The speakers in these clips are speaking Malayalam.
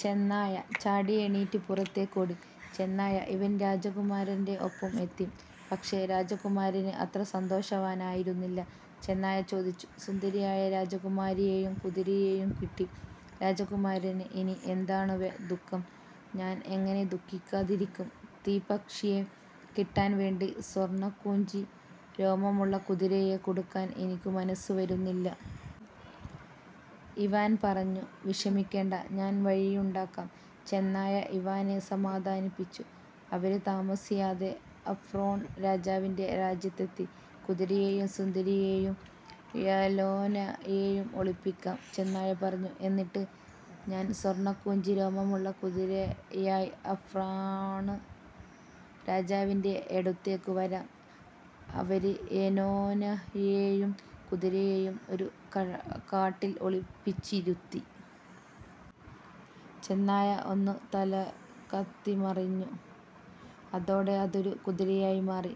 ചെന്നായ ചാടിയെണീററ് പുറത്തേക്കോടി. ചെന്നായ ഇവാന് രാജകമാരന്റെ ഒപ്പം എത്തി. പക്ഷേ രാജകുമാരന് അത്ര സന്തോഷവാനായിരുന്നില്ല. ചെന്നായ ചോദിച്ചു: "സുന്ദരിയായ രാജകുമാരിയെയും, കുതിരയെയും കിട്ടി. രാജകുമാരന് ഇനി എന്താണു ദുഃഖം? " "ഞാന് എങ്ങിനെ ദുഃഖിക്കാതിരിക്കും? തീപ്പക്ഷിയെ കിട്ടാന് വേണ്ടി സ്വര്ണ്ണുക്കുഞ്ചി രോമമുള്ള കുതിരയെ കൊടുക്കാന് എനിക്കു മനസ്സു വരുന്നില്ല. " ഇവാന് പറഞ്ഞു "വിഷമിക്കേണ്ട, ഞാന് വഴിയുണ്ടാക്കാം,'' ചെന്നായ ഇവാനെ സമാധാനിപ്പിച്ചു. അവര് താമസിയാതെ അഫ്റോണ് രാജാവിന്റെ രാജ്യത്തെത്തി. "കുതിരയേയും സുന്ദരിയായ യെലേനയേയും ഒളിപ്പിക്കാം," ചെന്നായ പറഞ്ഞു. "എന്നിട്ട് ഞാന് സ്വര്ണ്ണക്കുഞ്ചി രോമമുള്ള കുതിരയായി അഫ്റോണ് രാജാവിന്റെ യടുത്തേക്കു വരാം. " അവര് യെലേനയേയയം കുതിരയേയും ഒരു കാട്ടില് ഒളിപ്പിച്ചിരുത്തി. ചെന്നായ ഒന്നു തലകത്തിമറിഞ്ഞു. അതോടെ അതൊരു കുതിരയായി മാറി,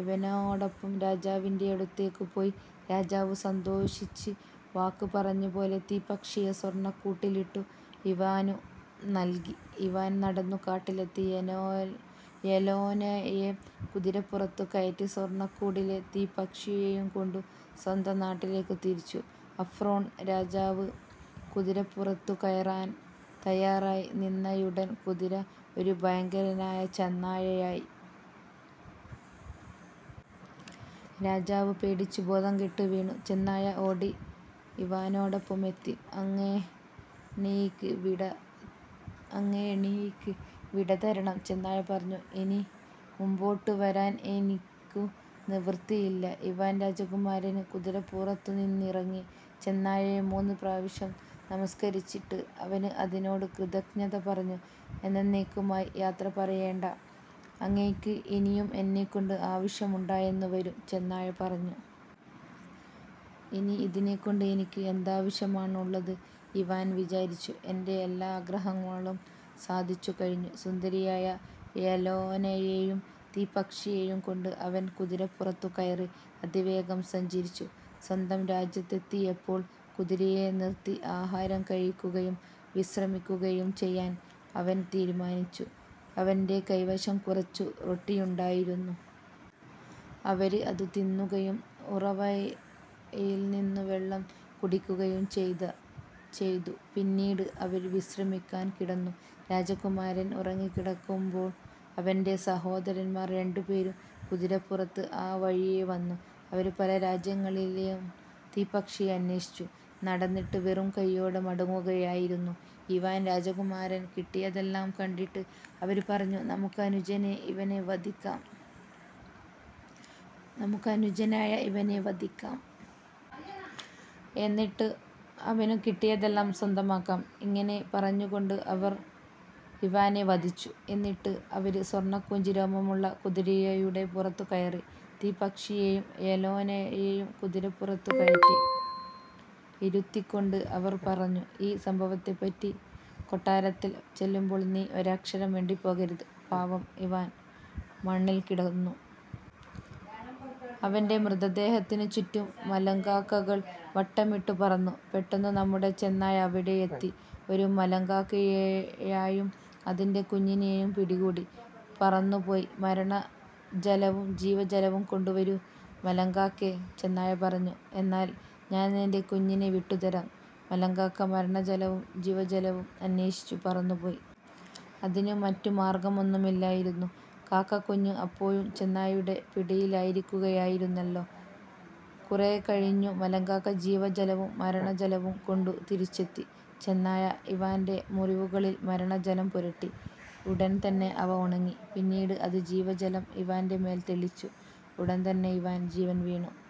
ഇവാനോടൊപ്പം രാജാവിന്റെയടുത്തേക്കു പോയി. രാജാവു സന്തോഷിച്ച് വാക്ക് പറഞ്ഞത് പോലെ തീപ്പക്ഷിയെ സ്വര്ണ്ണക്കൂട്ടിലിട്ടു ഇവാനു നല്കി. ഇവാന് നടന്നു കാട്ടിലെത്തി യെലേനയെ കുതിരപ്പുറത്തു കയറ്റി സ്വര്ണ്ണക്കൂടിലെ തീപ്പക്ഷിയേയുകൊണ്ടു സ്വന്തം നാട്ടിലേക്കു തിരിച്ചു. അഫറോണ് രാജാവു കുതിരപ്പുറത്തുകയറാന് തയ്യാറായിനിന്നയുടന് കുതിര ഒരു ഭയങ്കരനായ ചെന്നായായി. രാജാവു പേടിച്ചു ബോധംകെട്ട് വീണു. ചെന്നായ ഓടി ഇവാനോടൊപ്പം എത്തി. "അങ്ങേണിയ്ക്ക് വിട തരണം. " ചെന്നായ പറഞ്ഞു. "ഇനി മുമ്പോട്ടു വരാന് എനിക്കു നിവൃത്തിയില്ല. " ഇവാന് രാജകുമാരന് കുതിരപ്പുറത്തുനിന്നിറങ്ങി. ചെന്നായയെ മൂന്നുപ്രാവശ്യം നമസ്കരിച്ചിട്ട് അവന് അതിനോടു കൃതജ്ഞത പറഞ്ഞു. "എന്നെന്നേയ്ക്കുമായി യാത്രപറയേണ്ട. അങ്ങേയ്ക്ക് ഇനിയും എന്നെക്കൊണ്ട് ആവശ്യമുണ്ടായെന്നു വരും," ചെന്നായ പറഞ്ഞു. "ഇനി ഇതിനെക്കൊണ്ട് എനിയ്ക്ക് എന്താവശ്യമാണുള്ളത്? " ഇവാന് വിചാരിച്ചു. "എന്റെ എല്ലാ ആഗ്രഹങ്ങളും സാധിച്ചുകഴിഞ്ഞു. " സുന്ദരിയായ യെലേനയേയും തീപ്പക്ഷിയേയുംകൊണ്ടു് അവന് കുതിരപ്പുറത്തു കയറി അതിവേഗം സഞ്ചരിച്ചു. സ്വന്തം രാജ്യത്തെത്തിയപ്പോള് കുതിരയെ നിര്ത്തി ആഹാരം കഴിക്കുകയും വിശ്രമിക്കുകയും ചെയ്യാന് അവന് തീരുമാനിച്ചു. അവന്റെ കൈവശം കുറച്ചു റൊട്ടിയുണ്ടായിരുന്നു. അവര് അതു തിന്നുകയും ഉറവയില്നിന്നു വെള്ളം കുടിക്കുകയും ചെയ്ത. പിന്നീട് അവര് വിശ്രമിക്കാന് കിടന്നു. രാജകമാരന് ഉറങ്ങിക്കിടക്കുമ്പോള് അവന്റെ സഹോദരന്മാര് രണ്ടുപേരും കുതിരപ്പുറത്ത് ആ വഴി വന്നു. അവര് പല രാജ്യങ്ങളിലും തീപ്പക്ഷിയെ അന്വേഷിച്ചു നടന്നിട്ട് വെറും കയ്യോടെ മടങ്ങുകയായിരുന്നു. ഇവാന് രാജകുമാരന് കിട്ടിയതെല്ലാം കണ്ടിട്ട് അവര് പറഞ്ഞു: "നമൂക്ക് അനുജനായ ഇവാനെ വധിക്കാം. എന്നിട്ട് അവനു കിട്ടിയതെല്ലാം സ്വന്തമാക്കാം. " ഇങ്ങിനെ പറഞ്ഞുകൊണ്ട് അവര് ഇവാനെ വധിച്ചു. എന്നിട്ട് അവര് സ്വര്ണ്ണക്കുഞ്ചിരോമമുള്ള കുതിരയുടെ പുറത്തു കയറി. തീപ്പക്ഷിയേയയം യെലേനയേയും കുതിരപ്പുറത്തു കയററി ഇരുത്തിക്കൊണ്ട് അവര് പറഞ്ഞു: "ഈ സംഭവത്തെപ്പറ്റി കൊട്ടാരത്തില് ചെല്ലുമ്പോള് നീ ഒരക്ഷരം മിണ്ടിപ്പോകരുത്! " പാവം ഇവാന് മണ്ണില്ക്കിടന്നു. അവന്റെ മൃതദേഹത്തിനു ചുററും മലങ്കാക്കകള് വട്ടമിട്ടു പറന്നു. പെട്ടെന്നു നമ്മുടെ ചെന്നായ അവിടെയെത്തി ഒരു മലങ്കാക്കയേയയം അതിന്റെ കുഞ്ഞിനേയും പിടികൂടി. "പറന്നുപോയി മരണജലവും ജീവജലവും കൊണ്ടുവരൂ മലങ്കാക്കേ. " ചെന്നായ പറഞ്ഞു. "എന്നാല് ഞാന് നിന്റെ കുഞ്ഞിനെ വിട്ടുതരാം. " മലങ്കാക്ക മരണജലവും ജീവജലവും അന്വേഷിച്ചു പറന്നു പോയി. അതിനു മററു മാര്ഗ്ഗമൊന്നുമില്ലായിരുന്നു കാക്കക്കുഞ്ഞ് അപ്പോഴും ചെന്നായുടെ പിടിയിലിരിക്കുകയായിരുന്നല്ലോ. കുറേക്കഴിഞ്ഞു മലങ്കാക്ക ജീവജലവും മരണജലവുംകൊണ്ടു തിരിച്ചെത്തി. ചെന്നായ ഇവാന്റെ മുറിവുകളില് മരണജലം പുരട്ടി. ഉടന് തന്നെ അവ ഉണങ്ങി. പിന്നീട് അതു ജീവജലം ഇവാന്റെ മേല് തളിച്ചു. ഉടന്തന്നെ ഇവാന് ജീവന് വീണു.